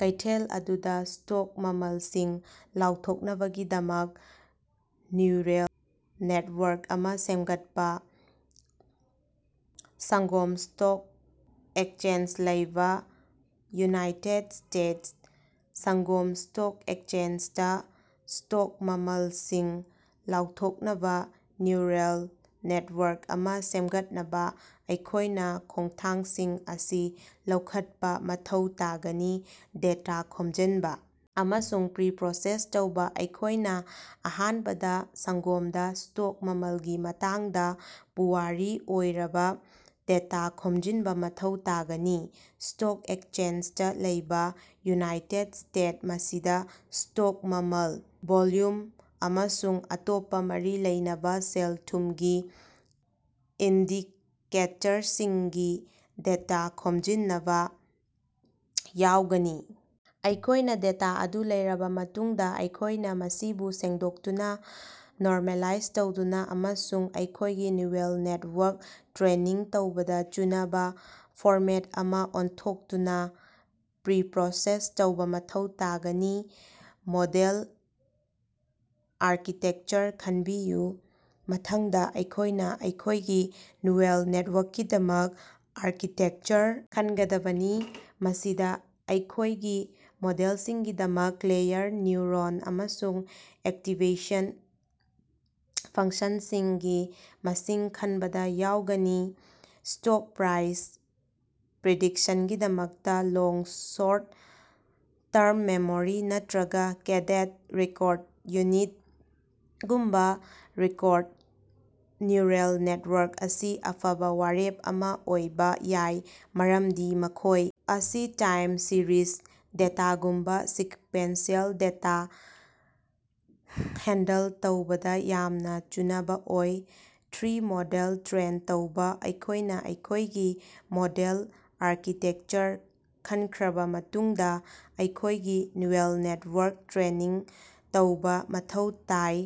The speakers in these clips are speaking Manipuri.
ꯀꯩꯊꯦꯜ ꯑꯗꯨꯗ ꯁ꯭ꯇꯣꯛ ꯃꯃꯜꯁꯤꯡ ꯂꯥꯎꯊꯣꯛꯅꯕꯒꯤꯗꯃꯛ ꯅ꯭ꯌꯨꯔꯜ ꯅꯦꯠꯋꯥꯔꯛ ꯑꯃ ꯁꯦꯝꯒꯠꯄ꯫ ꯁꯪꯒꯣꯝ ꯁ꯭ꯇꯣꯛ ꯑꯦꯛꯆꯦꯟꯖꯗ ꯂꯩꯕ ꯎꯅꯥꯏꯇꯦꯠ ꯏ꯭ꯁꯇꯦꯠꯁ, ꯁꯪꯒꯣꯝ ꯁ꯭ꯇꯣꯛ ꯑꯦꯛꯆꯦꯟꯖꯗꯥ ꯁ꯭ꯇꯣꯛ ꯃꯃꯜꯁꯤꯡ ꯂꯥꯎꯊꯣꯛꯅꯕ ꯅ꯭ꯌꯨꯔꯜ ꯅꯦꯠꯋꯥꯔꯛ ꯑꯃ ꯁꯦꯝꯒꯠꯅꯕ ꯑꯩꯈꯣꯏꯅ ꯈꯣꯡꯊꯥꯡꯁꯤꯡ ꯑꯁꯤ ꯂꯧꯈꯠꯄ ꯃꯊꯧ ꯇꯥꯒꯅꯤ ꯗꯦꯇꯥ ꯈꯣꯝꯖꯤꯟꯕ ꯑꯃꯁꯨꯡ ꯄ꯭ꯔꯤꯄꯔꯣꯁꯦꯁ ꯇꯧꯕ ꯑꯩꯈꯣꯏꯅ ꯑꯍꯥꯟꯕꯗ ꯁꯪꯒꯣꯝꯗ ꯁ꯭ꯇꯣꯛ ꯃꯃꯜꯒꯤ ꯃꯇꯥꯡꯗ ꯄꯨꯋꯥꯔꯤ ꯑꯣꯏꯔꯕ ꯗꯦꯇꯥ ꯈꯣꯝꯖꯤꯟꯕ ꯃꯊꯧ ꯇꯥꯒꯅꯤ꯫ ꯁ꯭ꯇꯣꯛ ꯑꯦꯛꯆꯦꯟꯖꯗ ꯂꯩꯕ ꯎꯅꯥꯏꯇꯦꯠ ꯏ꯭ꯁꯇꯦꯠꯁ ꯃꯁꯤꯗ ꯁ꯭ꯇꯣꯛ ꯃꯃꯜ, ꯚꯣꯜꯌꯨꯝ, ꯑꯃꯁꯨꯡ ꯑꯇꯣꯞꯄ ꯃꯔꯤ ꯂꯩꯅꯕ ꯁꯦꯜ-ꯊꯨꯝꯒꯤ ꯏꯟꯗꯤꯀꯦꯇꯔꯁꯤꯡꯒꯤ ꯗꯦꯇ ꯈꯣꯝꯖꯤꯅꯕ ꯌꯥꯎꯒꯅꯤ꯫ ꯑꯩꯈꯣꯏꯅ ꯗꯦꯇꯥ ꯑꯗꯨ ꯂꯩꯔꯕ ꯃꯇꯨꯡꯗ, ꯑꯩꯈꯣꯏꯅ ꯃꯁꯤꯕꯨ ꯁꯦꯡꯗꯣꯛꯇꯨꯅ, ꯅꯣꯔꯃꯦꯂꯥꯏꯖ ꯇꯧꯗꯨꯅ ꯑꯃꯁꯨꯡ ꯑꯩꯈꯣꯏꯒꯤ ꯅ꯭ꯌꯨꯔꯜ ꯅꯦꯠꯋꯥꯔꯛ ꯇ꯭ꯔꯦꯅꯤꯡ ꯇꯧꯕꯗ ꯆꯨꯅꯕ ꯐꯣꯔꯃꯦꯠ ꯑꯃꯗ ꯑꯣꯟꯊꯣꯛꯇꯨꯅ ꯄ꯭ꯔꯤꯄꯔꯣꯁꯦꯁ ꯇꯧꯕ ꯃꯊꯧ ꯇꯥꯒꯅꯤ꯫ ꯃꯣꯗꯦꯜ ꯑꯥꯔꯀꯤꯇꯦꯛꯆꯔ ꯈꯟꯕꯤꯌꯨ: ꯃꯊꯪꯗ ꯑꯩꯈꯣꯏꯅ ꯑꯩꯈꯣꯏꯒꯤ ꯅ꯭ꯌꯨꯔꯜ ꯅꯦꯠꯋꯥꯔꯛꯀꯤꯗꯃꯛ ꯑꯥꯔꯀꯤꯇꯦꯛꯆꯔ ꯈꯟꯒꯗꯕꯅꯤ꯫ ꯃꯁꯤꯗ ꯑꯩꯈꯣꯏꯒꯤ ꯃꯣꯗꯦꯜꯁꯤꯡꯒꯤꯗꯃꯛꯇ ꯂꯦꯌꯔ, ꯅ꯭ꯌꯨꯔꯣꯟ ꯑꯃꯁꯨꯡ ꯑꯦꯛꯇꯤꯚꯦꯁꯟ ꯐꯪꯁꯟꯁꯤꯡꯒꯤ ꯃꯁꯤꯡ ꯈꯟꯕꯗ ꯌꯥꯎꯒꯅꯤ꯫ ꯁ꯭ꯇꯣꯛ ꯄ꯭ꯔꯥꯏꯁ ꯄ꯭ꯔꯤꯗꯤꯛꯁꯟꯒꯤꯗꯃꯛꯇ, (ꯂꯣꯡ ꯁꯣꯔꯠ-ꯇꯔꯝ ꯃꯦꯃꯣꯔꯤ) ꯅꯠꯇꯔꯒꯥ (ꯒꯦꯇꯦꯗ ꯔꯤꯀꯣꯔꯗ ꯌꯨꯅꯤꯠ)ꯒꯨꯝꯕ ꯔꯤꯀꯣꯔꯗ ꯅ꯭ꯌꯨꯔꯜ ꯅꯦꯇꯋꯥꯔꯛ ꯑꯁꯤ ꯑꯐꯕ ꯋꯥꯔꯦꯞ ꯑꯃ ꯑꯣꯏꯕ ꯌꯥꯏ, ꯃꯔꯝꯗꯤ ꯃꯈꯣꯏ ꯑꯁꯤ ꯇꯥꯏꯝ ꯁꯤꯔꯤꯖ ꯗꯦꯇꯥꯒꯨꯝꯕ ꯁꯤꯛꯕꯦꯟꯁꯤꯑꯦꯜ ꯗꯦꯇꯥ ꯍꯦꯟꯗꯜ ꯇꯧꯕꯗ ꯌꯥꯝꯅ ꯆꯨꯅꯕ ꯑꯣꯏ꯫ ꯊ꯭ꯔꯤ ꯃꯣꯗꯦꯜ ꯇ꯭ꯔꯦꯟ ꯇꯧꯕ ꯑꯩꯈꯣꯏꯅ ꯑꯩꯈꯣꯏꯒꯤ ꯃꯣꯗꯦꯜ ꯑꯥꯔꯀꯤꯇꯦꯛꯆꯔ ꯈꯟꯈ꯭ꯔꯕ ꯃꯇꯨꯡꯗ ꯑꯩꯈꯣꯏꯒꯤ ꯅ꯭ꯌꯨꯔꯜ ꯅꯦꯇꯋꯥꯔꯛ ꯇ꯭ꯔꯦꯅꯤꯡ ꯇꯧꯕ ꯃꯊꯧ ꯇꯥꯏ꯫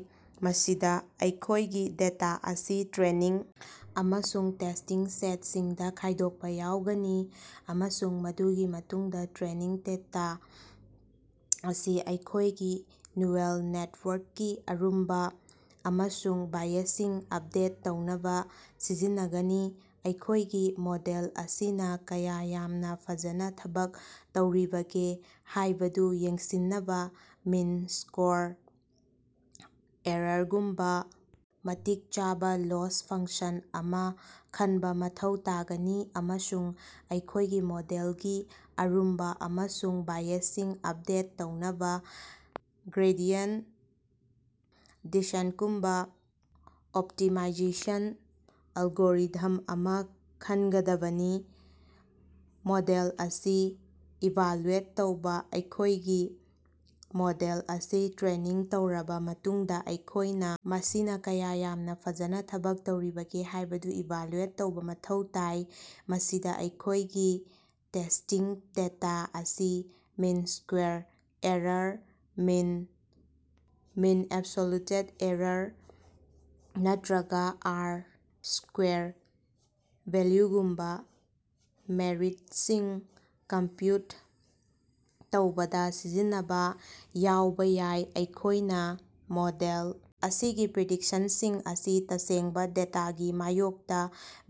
ꯃꯁꯤꯗ ꯑꯩꯈꯣꯏꯒꯤ ꯗꯦꯇꯥ ꯑꯁꯤ ꯇ꯭ꯔꯦꯅꯤꯡ ꯑꯃꯁꯨꯡ ꯇꯦꯁ꯭ꯇꯤꯡ ꯁꯦꯠꯁꯤꯡꯗꯥ ꯈꯥꯏꯗꯣꯛꯄ ꯌꯥꯎꯒꯅꯤ, ꯑꯃꯁꯨꯡ ꯃꯗꯨꯒꯤ ꯃꯇꯨꯡꯗꯥ ꯇ꯭ꯔꯦꯅꯤꯡ ꯗꯦꯇꯥ ꯑꯁꯤ ꯑꯩꯈꯣꯏꯒꯤ ꯅ꯭ꯌꯨꯔꯜ ꯅꯦꯠꯋꯥꯔꯛꯀꯤ ꯑꯔꯨꯝꯕ ꯑꯃꯁꯨꯡ ꯕꯥꯏꯑꯦꯖꯁꯤꯡ ꯑꯄꯗꯦꯠ ꯇꯧꯅꯕ ꯁꯤꯖꯤꯟꯅꯒꯅꯤ꯫ ꯑꯩꯈꯣꯏꯒꯤ ꯃꯣꯗꯦꯜ ꯑꯁꯤꯅ ꯀꯌꯥ ꯌꯥꯝꯅ ꯐꯖꯅ ꯊꯕꯛ ꯇꯧꯔꯤꯕꯒꯦ ꯍꯥꯏꯕꯗꯨ ꯌꯦꯡꯁꯤꯟꯅꯕꯥ ꯃꯤꯟ ꯁ꯭ꯀꯣꯔ ꯑꯦꯔꯥꯒꯨꯝꯕꯥ ꯃꯇꯤꯛ ꯆꯥꯕ ꯂꯣꯁ ꯐꯪꯛꯁꯟ ꯑꯃ ꯈꯟꯕ ꯃꯊꯧ ꯇꯥꯒꯅꯤ, ꯑꯃꯁꯨꯡ ꯑꯩꯈꯣꯏꯒꯤ ꯃꯣꯗꯦꯜꯒꯤ ꯑꯔꯨꯝꯕ ꯑꯃꯁꯨꯡ ꯕꯥꯏꯑꯦꯖꯁꯤꯡ ꯑꯄꯗꯦꯠ ꯇꯧꯅꯕ ꯒ꯭ꯔꯦꯗꯤꯌꯦꯟꯇ ꯗꯦꯁꯦꯟꯇꯒꯨꯝꯕ ꯑꯣꯞꯇꯤꯃꯥꯏꯖꯦꯁꯟ ꯑꯦꯜꯒꯣꯔꯤꯊꯝ ꯑꯃ ꯈꯟꯒꯗꯕꯅꯤ꯫ ꯃꯣꯗꯦꯜ ꯑꯁꯤ ꯏꯚꯥꯂꯨꯑꯦꯠ ꯇꯧꯕ ꯑꯩꯈꯣꯏꯒꯤ ꯃꯣꯗꯦꯜ ꯑꯁꯤ ꯇ꯭ꯔꯦꯅꯤꯡ ꯇꯧꯔꯕ ꯃꯇꯨꯡꯗ ꯑꯩꯈꯣꯏꯅ ꯃꯁꯤꯅ ꯀꯌꯥ ꯌꯥꯝꯅ ꯐꯖꯅ ꯊꯕꯛ ꯇꯧꯔꯤꯕꯒꯦ ꯍꯥꯏꯕꯗꯨ ꯏꯚꯥꯂꯨꯑꯦꯠ ꯇꯧꯕꯥ ꯃꯊꯧ ꯇꯥꯏ꯫ ꯃꯁꯤꯗꯥ ꯑꯩꯈꯣꯏꯒꯤ ꯇꯦꯁ꯭ꯇꯤꯡ ꯗꯦꯇꯥ ꯑꯁꯤ mean squared error, mean absolute error, ꯅꯠꯇꯔꯒꯥ ꯑꯥꯔ-ꯁ꯭ꯀꯦꯌꯔ ꯚꯦꯜꯌꯨꯒꯨꯝꯕꯥ ꯃꯦꯠꯔꯤꯛꯁꯤꯡ ꯀꯝꯄ꯭ꯌꯨꯠ ꯇꯧꯕꯗ ꯁꯤꯖꯤꯟꯅꯕ ꯌꯥꯎꯕ ꯌꯥꯏ꯫ ꯑꯩꯈꯣꯏꯅ ꯃꯣꯗꯦꯜ ꯑꯁꯤꯒꯤ ꯄ꯭ꯔꯤꯗꯤꯛꯁꯟꯁꯤꯡ ꯑꯁꯤ ꯇꯁꯦꯡꯕꯥ ꯗꯦꯇꯥꯒꯤ ꯃꯥꯌꯣꯛꯇ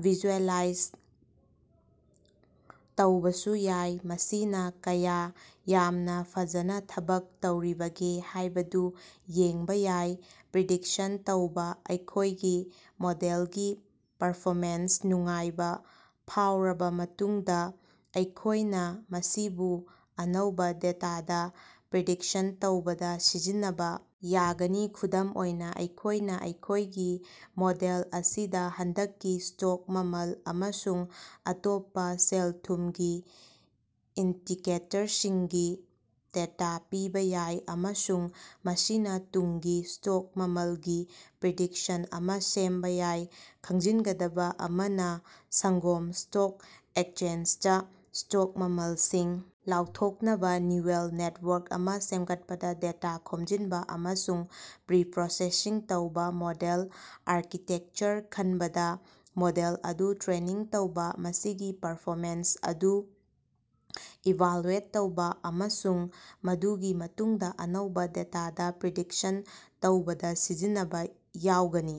ꯚꯤꯖꯨꯑꯦꯂꯥꯏꯖ ꯇꯧꯕꯁꯨ ꯌꯥꯏ, ꯃꯁꯤꯅ ꯀꯌꯥ ꯌꯥꯝꯅ ꯐꯖꯅ ꯊꯕꯛ ꯇꯧꯔꯤꯕꯒꯦ ꯍꯥꯏꯕꯗꯨ ꯌꯦꯡꯕ ꯌꯥꯏ꯫ ꯄ꯭ꯔꯤꯗꯤꯛꯁꯟ ꯇꯧꯕ: ꯑꯩꯈꯣꯏꯒꯤ ꯃꯣꯗꯦꯜꯒꯤ ꯄꯔꯐꯣꯃꯦꯟꯁꯇ ꯅꯨꯡꯉꯥꯏꯕ ꯐꯥꯎꯔꯕ ꯃꯇꯨꯡꯗ, ꯑꯩꯈꯣꯏꯅ ꯃꯁꯤꯕꯨ ꯑꯅꯧꯕ ꯗꯦꯇꯥꯗ ꯄ꯭ꯔꯤꯗꯤꯛꯁꯟ ꯇꯧꯕꯗ ꯁꯤꯖꯤꯟꯅꯕ ꯌꯥꯒꯅꯤ꯫ ꯈꯨꯗꯝ ꯑꯣꯏꯅ, ꯑꯩꯈꯣꯏꯅ ꯑꯩꯈꯣꯏꯒꯤ ꯃꯣꯗꯦꯜ ꯑꯁꯤꯗ ꯍꯟꯗꯛꯀꯤ ꯁ꯭ꯇꯣꯛ ꯃꯃꯜ ꯑꯃꯁꯨꯡ ꯑꯇꯣꯞꯄꯥ ꯁꯦꯜ-ꯊꯨꯝꯒꯤ ꯏꯟꯗꯤꯀꯦꯇꯔꯁꯤꯡꯒꯤ ꯗꯦꯇ ꯄꯤꯕ ꯌꯥꯏ, ꯑꯃꯁꯨꯡ ꯃꯁꯤꯅ ꯇꯨꯡꯒꯤ ꯁ꯭ꯇꯣꯛ ꯃꯃꯜꯒꯤ ꯄ꯭ꯔꯤꯗꯤꯛꯁꯟ ꯑꯃ ꯁꯦꯝꯕ ꯌꯥꯏ꯫ ꯈꯪꯖꯤꯟꯒꯗꯕ ꯑꯃꯅ, ꯁꯪꯒꯣꯝ ꯁ꯭ꯇꯣꯛ ꯑꯦꯛꯆꯦꯟꯖꯗꯥ ꯁ꯭ꯇꯣꯛ ꯃꯃꯜꯁꯤꯡ ꯂꯥꯎꯊꯣꯛꯅꯕ ꯅ꯭ꯌꯨꯔꯜ ꯅꯦꯠꯋꯥꯔꯛ ꯑꯃ ꯁꯦꯝꯒꯠꯄꯗ ꯗꯦꯇꯥ ꯈꯣꯝꯖꯤꯟꯕ ꯑꯃꯁꯨꯡ ꯄ꯭ꯔꯤꯄꯔꯣꯁꯦꯁꯤꯡ ꯇꯧꯕ, ꯃꯣꯗꯦꯜ ꯑꯥꯔꯀꯤꯇꯦꯛꯆꯔ ꯈꯟꯕꯗ, ꯃꯣꯗꯦꯜ ꯑꯗꯨ ꯇ꯭ꯔꯦꯅꯤꯡ ꯇꯧꯕ, ꯃꯁꯤꯒꯤ ꯄꯔꯐꯣꯃꯦꯟꯁ ꯑꯗꯨ ꯏꯚꯥꯂꯨꯑꯦꯠ ꯇꯧꯕ, ꯑꯃꯁꯨꯡ ꯃꯗꯨꯒꯤ ꯃꯇꯨꯡꯗꯥ ꯑꯅꯧꯕ ꯗꯦꯇꯥꯗ ꯄ꯭ꯔꯤꯗꯤꯛꯁꯟ ꯇꯧꯕꯗ ꯁꯤꯖꯤꯟꯅꯕ ꯌꯥꯎꯒꯅꯤ꯫